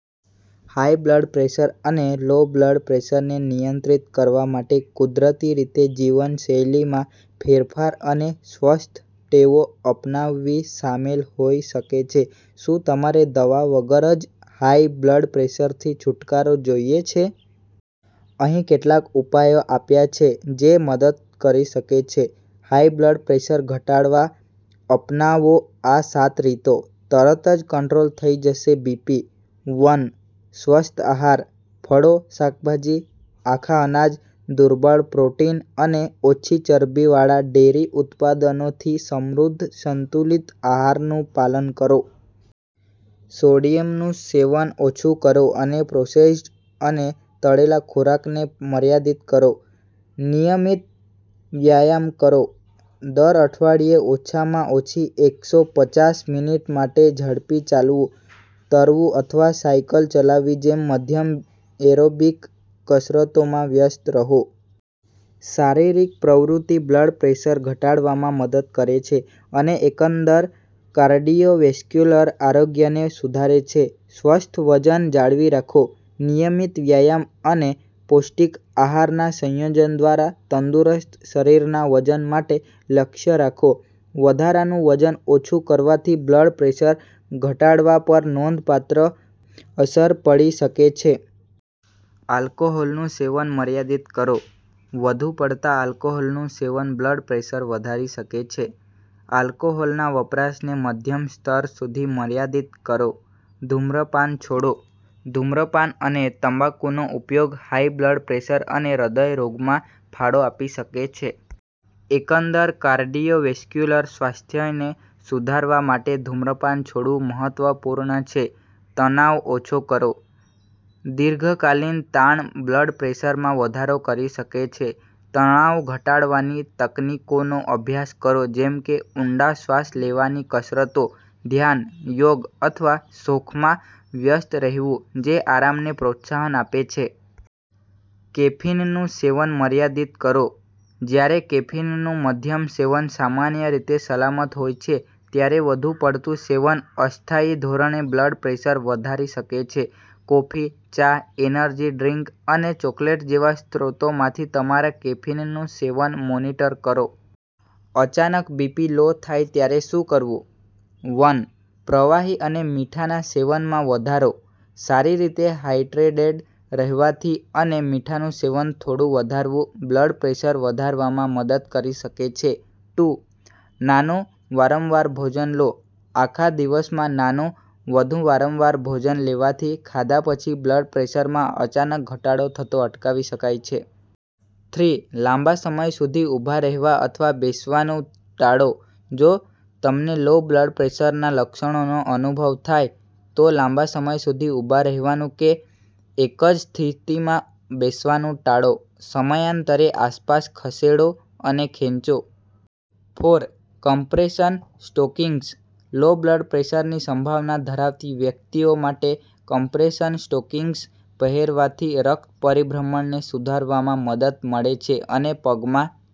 High blood pressure અને low blood pressure ને નિયંત્રિત કરવા માટે કુદરતી રીતે જીવનશૈલીમાં ફેરફાર અને સ્વસ્થ ટેવો અપનાવવી સામેલ હોઈ શકે છે. શું તમારે દવા વગર જ હાઈ બ્લડ પ્રેશરથી છૂટકારો જોઈએ છે? અહીં કેટલાક ઉપાયો આપ્યા છે જે મદદ કરી શકે છે: હાઈ બ્લડ પ્રેશર ઘટાડવા અપનાવો આ સાત રીતો, તરત જ કંટ્રોલ થઈ જશે બીપી. વન. સ્વસ્થ આહાર: ફળો, શાકભાજી, આખા અનાજ, દુર્બળ પ્રોટીન અને ઓછી ચરબીવાળા ડેરી ઉત્પાદનોથી સમૃદ્ધ સંતુલિત આહારનું પાલન કરો. સોડિયમ નું સેવન ઓછું કરો અને પ્રોસેસ્ડ અને તળેલા ખોરાકને મર્યાદિત કરો. નિયમિત વ્યાયામ કરો: દર અઠવાડિયે ઓછામાં ઓછી એક સો પચાસ મિનિટ માટે ઝડપી ચાલવું, તરવું અથવા સાયકલ ચલાવવી જેવી મધ્યમ એરોબિક કસરતોમાં વ્યસ્ત રહો. શારીરિક પ્રવૃત્તિ બ્લડ પ્રેશર ઘટાડવામાં મદદ કરે છે અને એકંદર કાર્ડિયોવેસ્ક્યુલર આરોગ્યને સુધારે છે. સ્વસ્થ વજન જાળવી રાખો: નિયમિત વ્યાયામ અને પૌષ્ટિક આહારના સંયોજન દ્વારા તંદુરસ્ત શરીરના વજન માટે લક્ષ્ય રાખો. વધારાનું વજન ઓછું કરવાથી બ્લડ પ્રેશર ઘટાડવા પર નોંધપાત્ર અસર પડી શકે છે. આલ્કોહોલનું સેવન મર્યાદિત કરો: વધુ પડતા આલ્કોહોલનું સેવન બ્લડ પ્રેશર વધારી શકે છે. આલ્કોહોલના વપરાશને મધ્યમ સ્તર સુધી મર્યાદિત કરો. ધૂમ્રપાન છોડો: ધૂમ્રપાન અને તમાકુનો ઉપયોગ હાઈ બ્લડ પ્રેશર અને હૃદય રોગમાં ફાળો આપી શકે છે. એકંદર કાર્ડિયોવેસ્ક્યુલર સ્વાસ્થ્યને સુધારવા માટે ધૂમ્રપાન છોડવું મહત્વપૂર્ણ છે. તણાવ ઓછો કરો: દીર્ઘકાલીન તાણ બ્લડ પ્રેશરમાં વધારો કરી શકે છે. તણાવ-ઘટાડવાની તકનીકોનો અભ્યાસ કરો જેમ કે ઊંડા શ્વાસ લેવાની કસરતો, ધ્યાન, યોગ અથવા શોખમાં વ્યસ્ત રહેવું જે આરામને પ્રોત્સાહન આપે છે. કેફીનનું સેવન મર્યાદિત કરો: જ્યારે કેફીનનું મધ્યમ સેવન સામાન્ય રીતે સલામત હોય છે, ત્યારે વધુ પડતું સેવન અસ્થાયી ધોરણે બ્લડ પ્રેશર વધારી શકે છે. કોફી, ચા, એનર્જી ડ્રિંક્સ અને ચોકલેટ જેવા સ્ત્રોતોમાંથી તમારા કેફીનનું સેવન મોનિટર કરો. અચાનક બીપી લો થાય ત્યારે શું કરવું? વન. પ્રવાહી અને મીઠાના સેવનમાં વધારો: સારી રીતે હાઇડ્રેટેડ રહેવાથી અને મીઠાનું સેવન થોડું વધારવું બ્લડ પ્રેશર વધારવામાં મદદ કરી શકે છે. ટુ. નાનું, વારંવાર ભોજન લો: આખા દિવસમાં નાનું, વધુ વારંવાર ભોજન લેવાથી ખાધા પછી બ્લડ પ્રેશરમાં અચાનક ઘટાડો થતો અટકાવી શકાય છે. થ્રી. લાંબા સમય સુધી ઊભા રહેવા અથવા બેસવાનું ટાળો: જો તમને લો બ્લડ પ્રેશરનાં લક્ષણોનો અનુભવ થાય, તો લાંબા સમય સુધી ઊભા રહેવાનું કે એક જ સ્થિતિમાં બેસવાનું ટાળો. સમયાંતરે આસપાસ ખસેડો અને ખેંચો. Four. Compression stockings: low blood પ્રેશરની સંભાવના ધરાવતી વ્યક્તિઓ માટે, કમ્પ્રેશન સ્ટોકિંગ્સ પહેરવાથી રક્ત પરિભ્રમણને સુધારવામાં મદદ મળે છે અને પગમાં